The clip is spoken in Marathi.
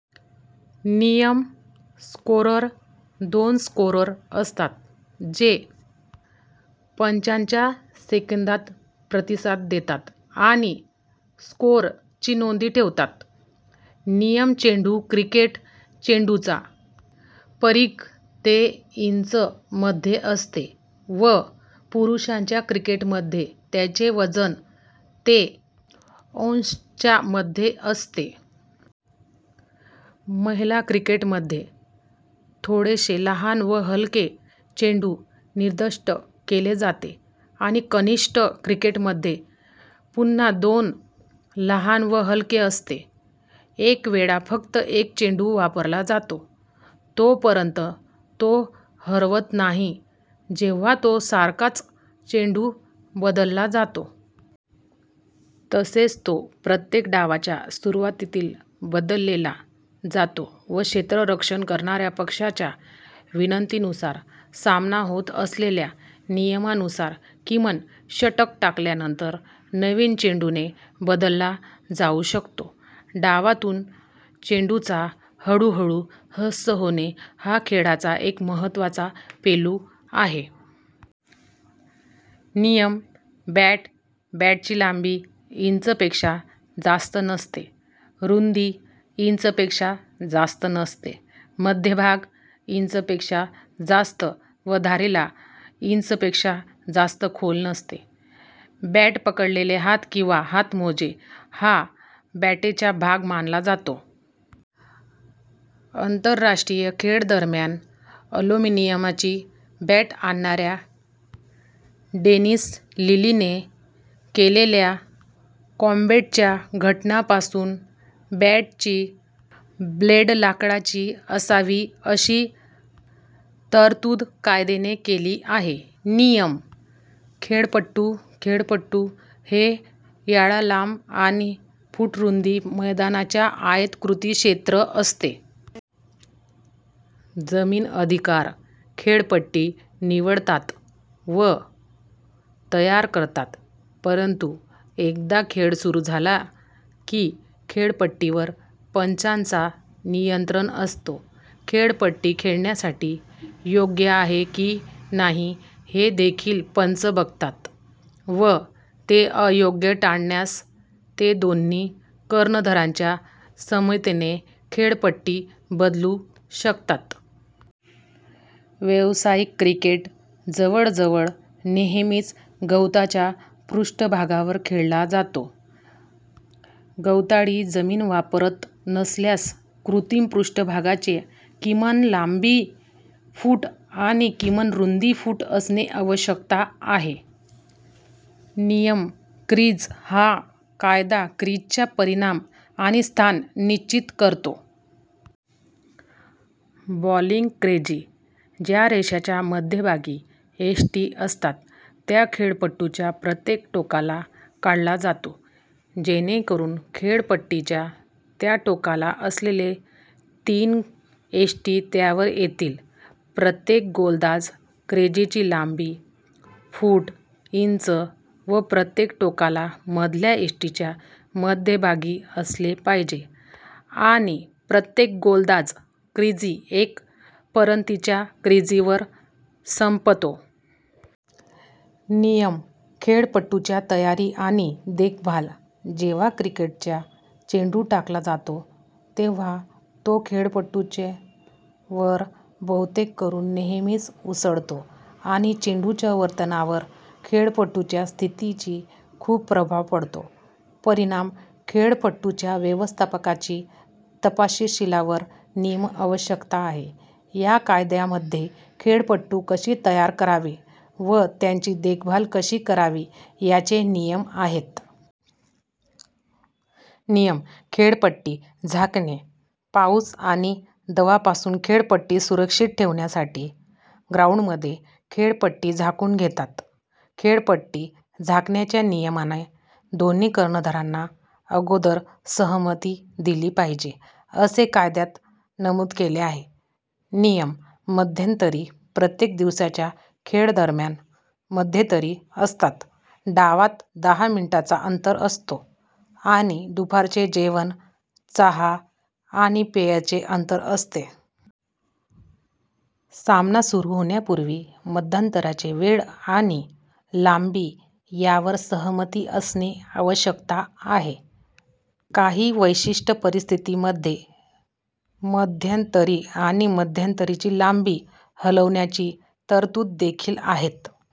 नियम: स्कोअरर. दोन स्कोअरर असतात जे पंचांच्या संकेतांना प्रतिसाद देतात आणि स्कोअर ची नोंद ठेवतात. नियम: चेंडू. क्रिकेट चेंडूचा परिघ ते इंच च्या मध्ये असतो व पुरुषांच्या क्रिकेटमध्ये त्याचे वजन ते औंस च्या मध्ये असते. महिला क्रिकेटमध्ये थोडासा लहान व हलका चेंडू निर्दिष्ट केला जातो आणि कनिष्ठ क्रिकेटमध्ये पुन्हा थोडा लहान व हलका असतो. एका वेळी फक्त एक चेंडू वापरला जातो, जोपर्यंत तो हरवत नाही, जेव्हा तो सारख्याच चेंडूने बदलला जातो. तसेच तो प्रत्येक डावाच्या सुरुवातीला बदलला जातो व क्षेत्ररक्षण करणाऱ्या पक्षाच्या विनंतीनुसार, सामना होत असलेल्या नियमांनुसार किमान षटके टाकल्यानंतर, नवीन चेंडूने बदलला जाऊ शकतो. डावांतून चेंडूचा हळूहळू ऱ्हास होणे हा खेळाचा एक महत्त्वाचा पैलू आहे. नियम: बॅट. बॅटची लांबी इंच पेक्षा जास्त नसते, रुंदी इंच पेक्षा जास्त नसते, मध्यभागी इंच पेक्षा जास्त व धारेला इंच पेक्षा जास्त खोल नसते. बॅट पकडलेला हात किंवा हातमोजा हा बॅटचा भाग मानला जातो. आंतरराष्ट्रीय खेळादरम्यान ॲल्युमिनिअमची बॅट आणणाऱ्या डेनिस लिली ने केलेल्या कॉम्बॅटच्या घटनेपासून, बॅटची ब्लेड लाकडाची असावी, अशी तरतूद कायद्याने केली आहे. नियम: खेळपट्टी. खेळपट्टी हे यार्ड लांब आणि फूट रुंद मैदानाचे आयताकृती क्षेत्र असते. जमीन अधिकारी खेळपट्टी निवडतात व तयार करतात, परंतु एकदा खेळ सुरू झाला की खेळपट्टीवर पंचांचे नियंत्रण असते. खेळपट्टी खेळण्यासाठी योग्य आहे की नाही हे देखील पंच बघतात व ती अयोग्य वाटल्यास ते दोन्ही कर्णधारांच्या संमतीने खेळपट्टी बदलू शकतात. व्यावसायिक क्रिकेट जवळजवळ नेहमीच गवताच्या पृष्ठभागावर खेळले जाते. गवताळ जमीन वापरात नसल्यास कृत्रिम पृष्ठभागाची किमान लांबी फूट आणि किमान रुंदी फूट असणे आवश्यक आहे. नियम: क्रीज. हा कायदा क्रीजची परिमाणे आणि स्थाने निश्चित करतो. बॉलिंग क्रीज, ज्या रेषेच्या मध्यभागी यष्टी असतात, ती खेळपट्टीच्या प्रत्येक टोकाला काढली जाते जेणेकरून खेळपट्टीच्या त्या टोकाला असलेल्या तीन यष्टी त्यावर येतील. प्रत्येक गोलंदाज क्रीजची लांबी फूट इंच व प्रत्येक टोकाला मधल्या यष्टीच्या मध्यभागी असली पाहिजे, आणि प्रत्येक गोलंदाज क्रीज एका परतीच्या क्रिजवर संपते. नियम: खेळपट्टीची तयारी आणि देखभाल. जेव्हा क्रिकेटचा चेंडू टाकला जातो तेव्हा तो खेळपट्टीवर बहुतकरून नेहमीच उसळतो आणि चेंडूच्या वर्तनावर खेळपट्टीच्या स्थितीचा खूप प्रभाव पडतो. परिणामी खेळपट्टीच्या व्यवस्थापनाचे तपशीलवार नियम आवश्यक आहेत. या कायद्यामध्ये खेळपट्टी कशी तयार करावी व तिची देखभाल कशी करावी याचे नियम आहेत. नियम: खेळपट्टी झाकणे. पाऊस आणि दंवापासून खेळपट्टी सुरक्षित ठेवण्यासाठी ग्राउंडमन खेळपट्टी झाकून घेतात. खेळपट्टी झाकण्याच्या नियमांना दोन्ही कर्णधारांनी अगोदर सहमती दिली पाहिजे, असे कायद्यात नमूद केले आहे. नियम: मध्यांतर. प्रत्येक दिवसाच्या खेळादरम्यान मध्यांतरे असतात, डावात दहा मिनिटांचे अंतर असते आणि दुपारचे जेवण, चहा आणि पेयांचे अंतर असते. सामना सुरू होण्यापूर्वी मध्यांतरांची वेळ आणि लांबी यावर सहमती असणे आवश्यक आहे. काही विशिष्ट परिस्थितींमध्ये मध्यांतर आणि मध्यांतराची लांबी हलवण्याच्या तरतुदी देखील आहेत.